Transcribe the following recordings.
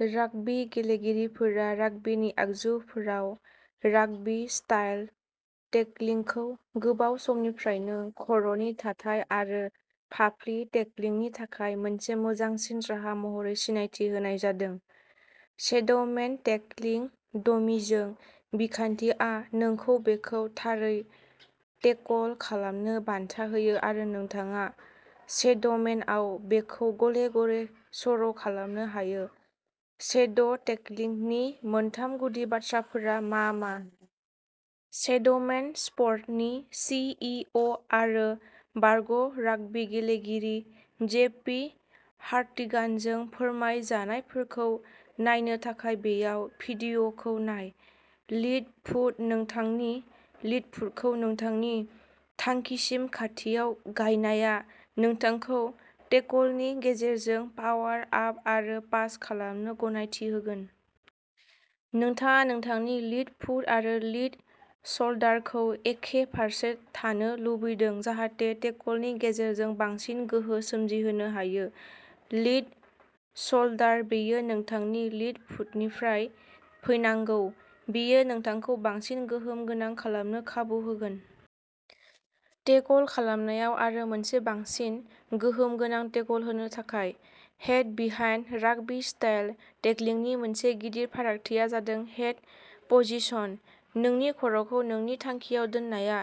Rugby गेलेगिरिफोरा राग्बीनि आगजुफोराव राग्बी स्टाइल टेकलिंखौ गोबाव समनिफ्रायनो खर'नि थाथाय आरो फाफ्लि टेकलिंनि थाखाय मोनसे मोजांसिन राहा महरै सिनायथि होनाय जादों। शेड’मेन टेकलिं डमीजों, बिखान्थिआ नोंखौ बेखौ थारै टेकल खालामनो बान्था होयो आरो नोंथाङा शेड’मेनआव बेखौ गले गले सर' खालामनो हायो शेड’टेकलिंगनि मोनथाम गुदि बाथ्राफोरा मा मा? शेड’मेन स्पर्टनि सि इ अ आरो बारग'राग्बी गेलेगिरि, जे पि हार्टिगानजों फोरमायजानायफोरखौ नायनो थाखाय बेयाव भिडिअ'खौ नाय। लिद फुट नोंथांनि लिद फुटखौ नोंथांनि थांखिसिम खाथियाव गायनाया नोंथांखौ टेकलनि गेजेरजों पावार आप आरो पास खालामनो गनायथि होगोन। नोंथाङा नोंथांनि लिद फुट आरो लिद शल्डारखौ एखे फारसे थानो लुबैदों जाहाथे टेकलनि गेजेरजों बांसिन गोहो सोमजिहोनो हायो। लिद श'ल्डार बेयो नोंथांनि लिद फुटनिफ्राय फैनांगौ। बेयो नोंथांखौ बांसिन गोहोम गोनां खालामनो खाबु होगोन। टेकल खालामनायाव आरो मोनसे बांसिन गोहोम गोनां टेकल होनो थाखाय। हेड बिहाइन्ड राग्बी स्टाइल टेकलिंनि मोनसे गिदिर फारागथिया जादों हेड पजिशन। नोंनि खर'खौ नोंनि थांखियाव दोननाया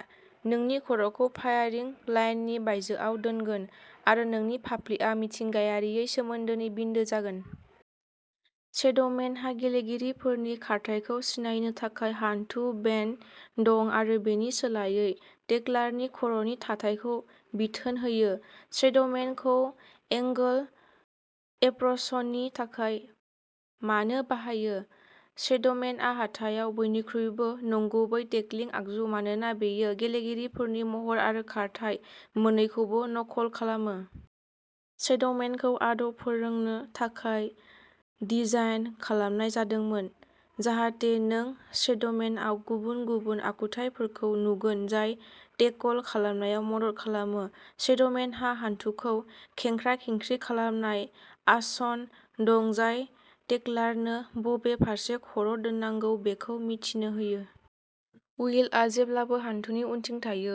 नोंनि खर'खौ फायारिं लाइननि बायजोआव दोनगोन आरो नोंनि फाफ्लिआ मिथिंगायारियै सोमोन्दोनि बिन्दो जागोन। शेड'मेनहा गेलेगिरिफोरनि खारथायखौ सिनायनो थाखाय हान्थु बेनड दं आरो बेनि सोलायै टेकलारनि खर'नि थाथायखौ बिथोन होयो। शेड'मेनखौ एंगोल एप्र'चनि थाखाय मानो बाहायो? शेड'मेनआ हाथायाव बयनिख्रुइबो नंगुबै टेकलिं आगजु मानोना बेयो गेलेगिरिफोरनि महर आरो खारथाइ मोननैखौबो नखल खालामो। शेड'मेनखौ आदब फोरोंनो थाखाय डिजाइन खालामनाय जादोंमोन जाहाथे नों शेड'मेनआव गुबुन गुबुन आखुथायफोरखौ नुगोन जाय टेकल खालामनायाव मदद खालामो। शेड'मेनहा हानथुखौ खेंख्रा-खेंख्रि खालामनाय आसन दं जाय टेकलारनो बबे फारसे खर' दोननांगौ बेखौ मिथिनो होयो। उइलआ जेब्लाबो हानथुनि उनथिं थायो,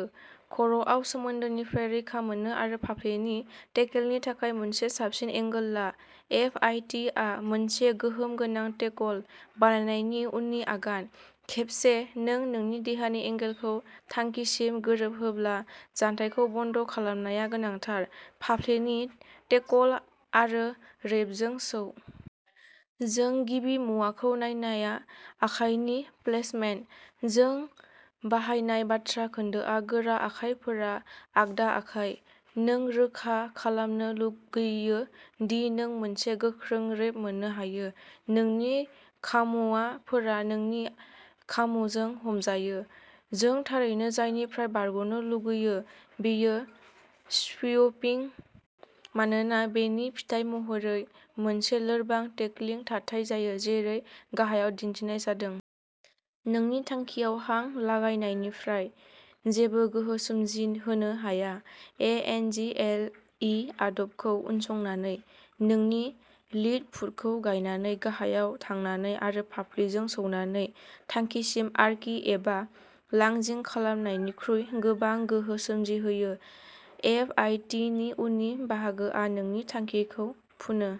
खर'आव सोमोन्दोनिफ्राय रैखा मोननो आरो फाफ्लिनि टेकेलनि थाखाय मोनसे साबसिन एंगल ला। एफ आइ टि आ मोनसे गोहोम गोनां टेकल बानायनायनि उननि आगान। खेबसे नों नोंनि देहानि एंगलखौ थांखिसिम गोरोबहोब्ला, जानथायखौ बन्द' खालामनाया गोनांथार, फाफ्लिनि टेकल आरो रैपजों सौ। जों गिबि मुवाखौ नायनाया आखाइनि प्लेसमेन्ट। जों बाहायनाय बाथ्रा खोन्दोआ गोरा आखाइफोरा आगदा आखाइ। नों रोखा खालामनो लुगैयो दि नों मोनसे गोख्रों रैप मोननो हायो, नोंनि खामुवाफोरा नोंनि खामुजों हमजायो। जों थारैनो जायनिफ्राय बारग'नो लुगैयो बेयो स्वुपिं मानोना बेनि फिथाय महरै मोनसे लोरबां टेकलिं थाथाय जायो, जेरै गाहायाव दिन्थिनाय जादों। नोंनि थांखियाव हां लागायनायनिफ्राय जेबो गोहो सोमजिहोनो हाया। A N G L E आदबखौ उनसंनानै, नोंनि लिद फुटखौ गायनानै, गाहायाव थांनानै आरो फाफ्लिजों सौनानै थांखिसिम आर्कि एबा लांजिं खालामनायनिख्रुइ गोबां गोहो सोमजिहोयो। एफ आइ टि नि उननि बाहागोआ नोंनि थांखिखौ फुनो।